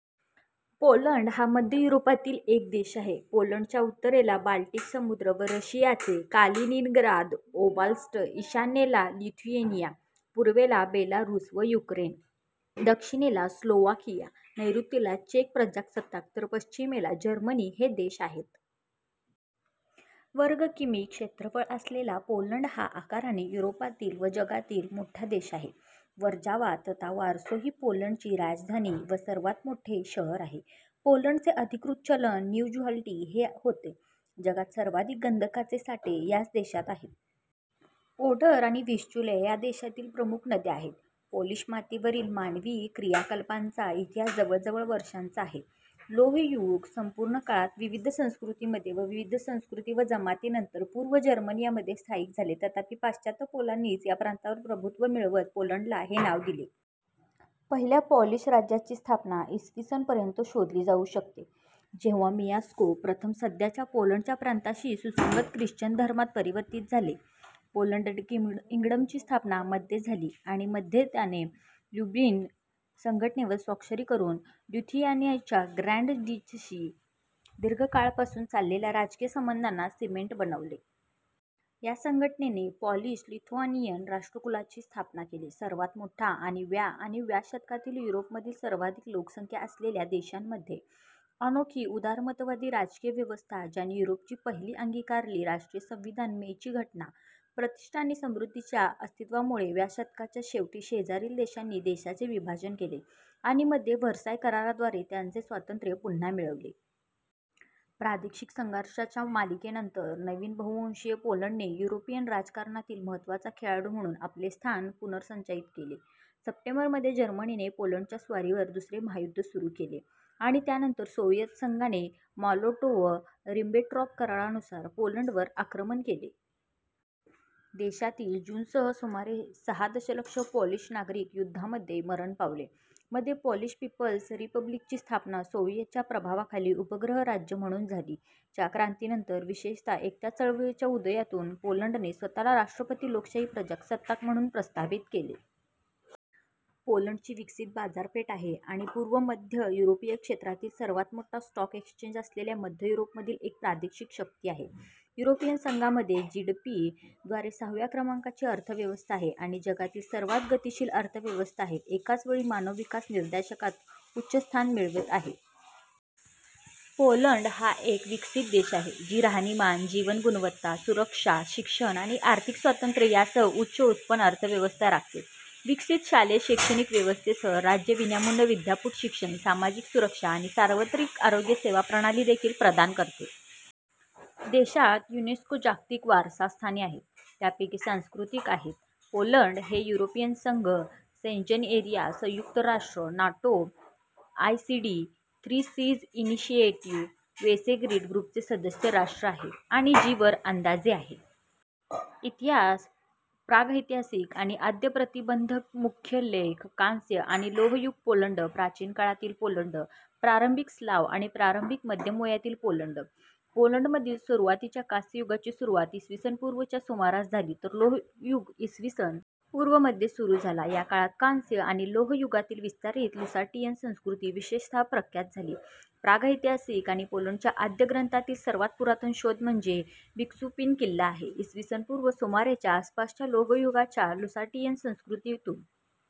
Poland हा मध्य युरोपातील एक देश आहे. पोलंडच्या उत्तरेला बाल्टिक समुद्र व रशियाचे कालिनिनग्राद ओब्लास्ट, ईशान्येला लिथुएनिया, पूर्वेला बेलारूस व युक्रेन, दक्षिणेला स्लोव्हाकिया, नैऋत्येला चेक प्रजासत्ताक तर पश्चिमेला जर्मनी हे देश आहेत. वर्ग किमी क्षेत्रफळ असलेला पोलंड हा आकाराने युरोपातील व जगातील मोठा देश आहे. वर्झावा तथा वॉर्सो ही पोलंडची राजधानी व सर्वात मोठे शहर आहे. पोलंडचे अधिकृत चलन न्यु झ्लॅाटी हे होते. जगात सर्वाधिक गंधकाचे साठे याच देशात आहे. ओडर आणि व्हिस्चुला या देशातील प्रमुख नद्या आहेत. पोलिश मातीवरील मानवी क्रियाकलापांचा इतिहास जवळजवळ वर्षांचा आहे. लोहयुग संपूर्ण काळात विविध संस्कृतींमध्ये व विविध संस्कृती व जमाती नंतर पूर्व जर्मनिया मध्ये स्थायिक झाले. तथापि, पाश्चात्य पोलांनीच या प्रांतावर प्रभुत्व मिळवत पोलंडला हे नाव दिले. पहिल्या पोलिश राज्याची स्थापना इ. स. पर्यंत शोधली जाऊ शकते, जेव्हा मिआस्को प्रथम, सध्याच्या पोलंडच्या प्रांताशी सुसंगत ख्रिश्चन धर्मात परिवर्तित झाले. पोलंड किंगडमची स्थापना मध्ये झाली आणि मध्ये त्याने लुब्लिन संघटनेवर स्वाक्षरी करून लिथुआनियाच्या ग्रँड डचीशी दीर्घकाळपासून चाललेल्या राजकीय संबंधांना सिमेंट बनविले. या संघटनेने पोलिश लिथुआनियन राष्ट्रकुलाची स्थापना केली, सर्वात मोठा आणि व्या आणि व्या शतकातील युरोपमधील सर्वाधिक लोकसंख्या असलेल्या देशांमध्ये, अनोखी उदारमतवादी राजकीय व्यवस्था ज्यांनी युरोपची पहिली अंगीकारली राष्ट्रीय संविधान, मे ची घटना. प्रतिष्ठा आणि समृद्धीच्या अस्तित्वामुळे, व्या शतकाच्या शेवटी शेजारील देशांनी देशाचे विभाजन केले आणि मध्ये व्हर्साय कराराद्वारे त्याचे स्वातंत्र्य पुन्हा मिळवले. प्रादेशिक संघर्षांच्या मालिकेनंतर, नवीन बहु-वंशीय पोलंडने युरोपियन राजकारणातील महत्त्वाचा खेळाडू म्हणून आपले स्थान पुनर्संचयित केले. सप्टेंबर मध्ये जर्मनीने पोलंडच्या स्वारीवर दुसरे महायुद्ध सुरू केले आणि त्यानंतर सोव्हिएत संघाने मोलोटोव्ह – रिबेंट्रॉप करारानुसार पोलंडवर आक्रमण केले. देशातील ज्यूंसह सुमारे सहा दशलक्ष पोलिश नागरिक युद्धामध्ये मरण पावले. मध्ये, पोलिश पीपल्स रिपब्लिकची स्थापना सोव्हिएतच्या प्रभावाखाली उपग्रह राज्य म्हणून झाली. च्या क्रांतीनंतर, विशेषतः एकता चळवळीच्या उदयातून पोलंडने स्वतःला राष्ट्रपती लोकशाही प्रजासत्ताक म्हणून प्रस्थापित केले. ︎ पोलंडची विकसित बाजारपेठ आहे आणि पूर्व मध्य युरोपीय क्षेत्रातील सर्वात मोठा स्टॉक एक्सचेंज असलेल्या मध्य युरोपमधील एक प्रादेशिक शक्ती आहे. युरोपियन संघामध्ये जीडीपी द्वारे सहाव्या क्रमांकाची अर्थव्यवस्था आहे आणि जगातील सर्वात गतीशील अर्थव्यवस्था आहे, एकाच वेळी मानव विकास निर्देशांकात उच्च स्थान मिळवित आहे. पोलंड हा एक विकसित देश आहे, जी राहणीमान, जीवन गुणवत्ता, सुरक्षा, शिक्षण आणि आर्थिक स्वातंत्र्य यासह उच्च-उत्पन्न-अर्थव्यवस्था राखते. विकसित शालेय शैक्षणिक व्यवस्थेसह, राज्य विनामूल्य विद्यापीठ शिक्षण, सामाजिक सुरक्षा आणि सार्वत्रिक आरोग्य सेवा प्रणाली देखील प्रदान करते. देशात युनेस्को जागतिक वारसास्थाने आहेत, त्यापैकी सांस्कृतिक आहेत. पोलंड हे युरोपियन संघ, शेंजेन एरिया, संयुक्त राष्ट्र, NATO, OECD, Three Seas Initiative, Visegrad ग्रुपचे सदस्य राष्ट्र आहे आणि जी - वर अंदाजे आहे. इतिहास प्रागैतिहासिक आणि आद्यप्रतिबंधकमुख्य लेखः कांस्य- आणि लोह-युग पोलंड, प्राचीन काळातील पोलंड, प्रारंभिक स्लाव्ह आणि प्रारंभिक मध्यम वयातील पोलंड. पोलंडमधील सुरुवातीच्या कांस्ययुगाची सुरुवात इ. स. पू. च्या सुमारास झाली, तर लोहयुग इ. स. पू. मध्ये सुरू झाला. या काळात, कांस्य आणि लोह युगांतील विस्तारित लुसाटियन संस्कृती विशेषतः प्रख्यात झाली. प्रागैतिहासिक आणि पोलंडच्या आद्य ग्रंथातील सर्वात पुरातन शोध म्हणजे बिस्कूपिन किल्ला आहे, इ. स. पू. सुमारे च्या आसपासच्या लोहयुगाच्या लुसाटियन संस्कृतीतून.